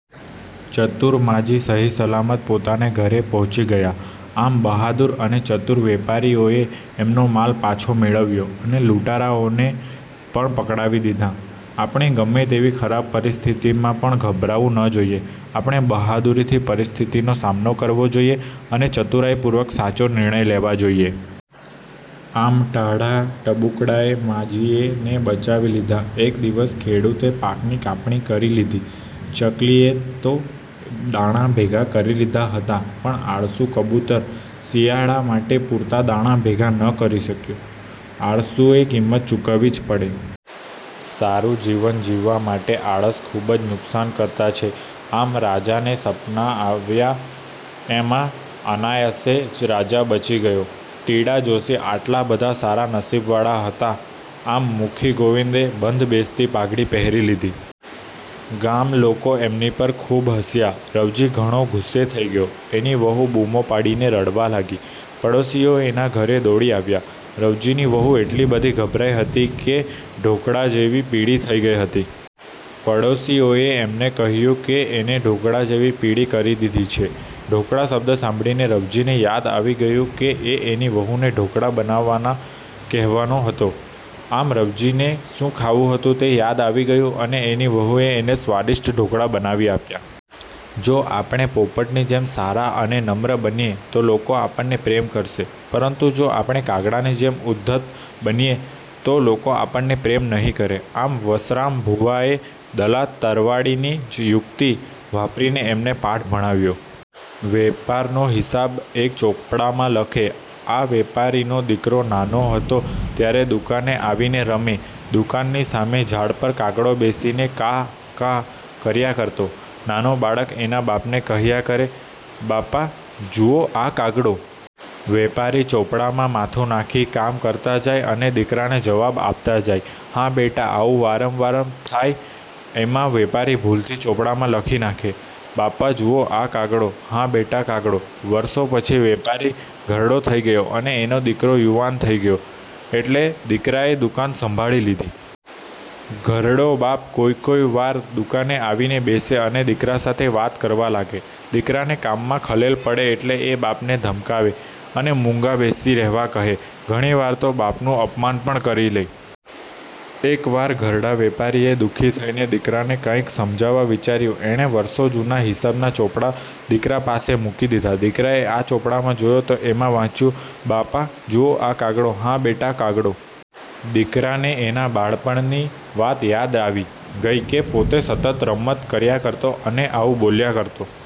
ચતુર માજી સહી-સલામત પોતાને ઘરે પહોંચી ગયા. આમ બહાદુર અને ચતુર વેપારીઓએ એમનો માલ પાછો મેળવ્યો અને લૂંટારાઓને પણ પકડાવી દીધા. આપણે ગમે તેવી ખરાબ પરિસ્થિતિમાં પણ ગભરાવું ન જોઈએ. આપણે બહાદુરીથી પરિસ્થિતિનો સામનો કરવો જોઈએ અને ચતુરાઈપૂર્વક સાચા નિર્ણય લેવા જોઈએ. આમ ટાઢા ટબુકડાએ માજીને બચાવી લીધાં! એક દિવસ ખેડૂતે પાકની કાપણી કરી લીધી. ચકલીએ તો દાણા ભેગા કરી લીધા હતા પણ આળસુ કબૂતર શિયાળા માટે પૂરતા દાણા ભેગા ન કરી શક્યું. આળસુએ કિંમત ચુકવવી જ પડે! સારું જીવન જીવવા માટે આળસ ખુબ જ નુકસાનકર્તા છે. આમ રાજાને સપનાં આવ્યાં એમાં અનાયાસે જ રાજા બચી ગયો! ટીડા જોશી આટલા બધા સારા નસીબવાળા હતા! આમ મુખી ગોવિંદે "બંધ બેસતી પાઘડી પહેરી લીધી"! ગામ લોકો એમની પર ખુબ હસ્યા. રવજી ઘણો ગુસ્સે થઇ ગયો. એની વહુ બૂમો પાડીને રડવા લાગી. પાડોશીઓ એના ઘરે દોડી આવ્યા. રવજીની વહુ એટલી બધી ગભરાઈ ગઈ હતી કે ઢોકળા જેવી પીળી થઇ ગઈ હતી! પાડોશીઓએ એને કહ્યું કે એને "ઢોકળા" જેવી પીળી કરી દીધી છે. "ઢોકળા" શબ્દ સાંભળીને રવજીને યાદ આવી ગયું કે એ એની વહુને ઢોકળા બનાવવા કહેવાનો હતો! આમ રવજીને શું ખાવું હતું તે યાદ આવી ગયું અને એની વહુએ એને સ્વાદિષ્ટ ઢોકળા બનાવી આપ્યાં! જો આપણે પોપટની જેમ સારા અને નમ્ર બનીએ તો લોકો આપણને પ્રેમ કરશે. પરંતુ જો આપણે કાગડાની જેમ ઉદ્ધત બનીએ તો લોકો આપણને પ્રેમ નહિ કરે. આમ વશરામ ભુવાએ દલા તરવાડીની જ યુક્તિ વાપરીને એમને પાઠ ભણાવ્યો. વેપારનો હિસાબ એક ચોપડામાં લખે. આ વેપારીનો દીકરો નાનો હતો ત્યારે દુકાને આવીને રમે. દુકાનની સામે ઝાડ પર કાગડો બેસીને કા.. કા કર્યા કરતો. નાનો બાળક એના બાપને કહ્યા કરે: "બાપા જુઓ આ કાગડો.. " વેપારી ચોપડામાં માથું નાખી કામ કરતા જાય અને દીકરાને જવાબ આપતા જાય: "હા બેટા આવું વારંવાર થાય એમાં વેપારી ભૂલથી ચોપડામાં લખી નાખે: "બાપા જુઓ આ કાગડો.. હા બેટા કાગડો" વર્ષો પછી વેપારી ઘરડો થઇ ગયો અને એનો દીકરો યુવાન થઇ ગયો એટલે દીકરાએ દુકાન સંભાળી લીધી. ઘરડો બાપ કોઈ કોઈ વાર દુકાને આવીને બેસે અને દીકરા સાથે વાત કરવા લાગે. દીકરાને કામમાં ખલેલ પડે એટલે એ બાપને ધમકાવે અને મુંગા બેસી રહેવા કહે. ઘણી વાર તો બાપનું અપમાન પણ કરી લે. એક વાર ઘરડા વેપારીએ દુઃખી થઈને દીકરાને કાંઇક સમજાવવા વિચાર્યું. એણે વર્ષો જુના હિસાબના ચોપડાઓ દીકરા પાસે મૂકી દીધા. દીકરાએ આ ચોપડાઓ જોયા તો એમાં વાંચ્યું: "બાપા જુઓ આ કાગડો.. હા બેટા કાગડો". દીકરાને એના બાળપણની વાત યાદ આવી ગઈ કે પોતે સતત રમત કર્યા કરતો અને આવું બોલ્યા કરતો।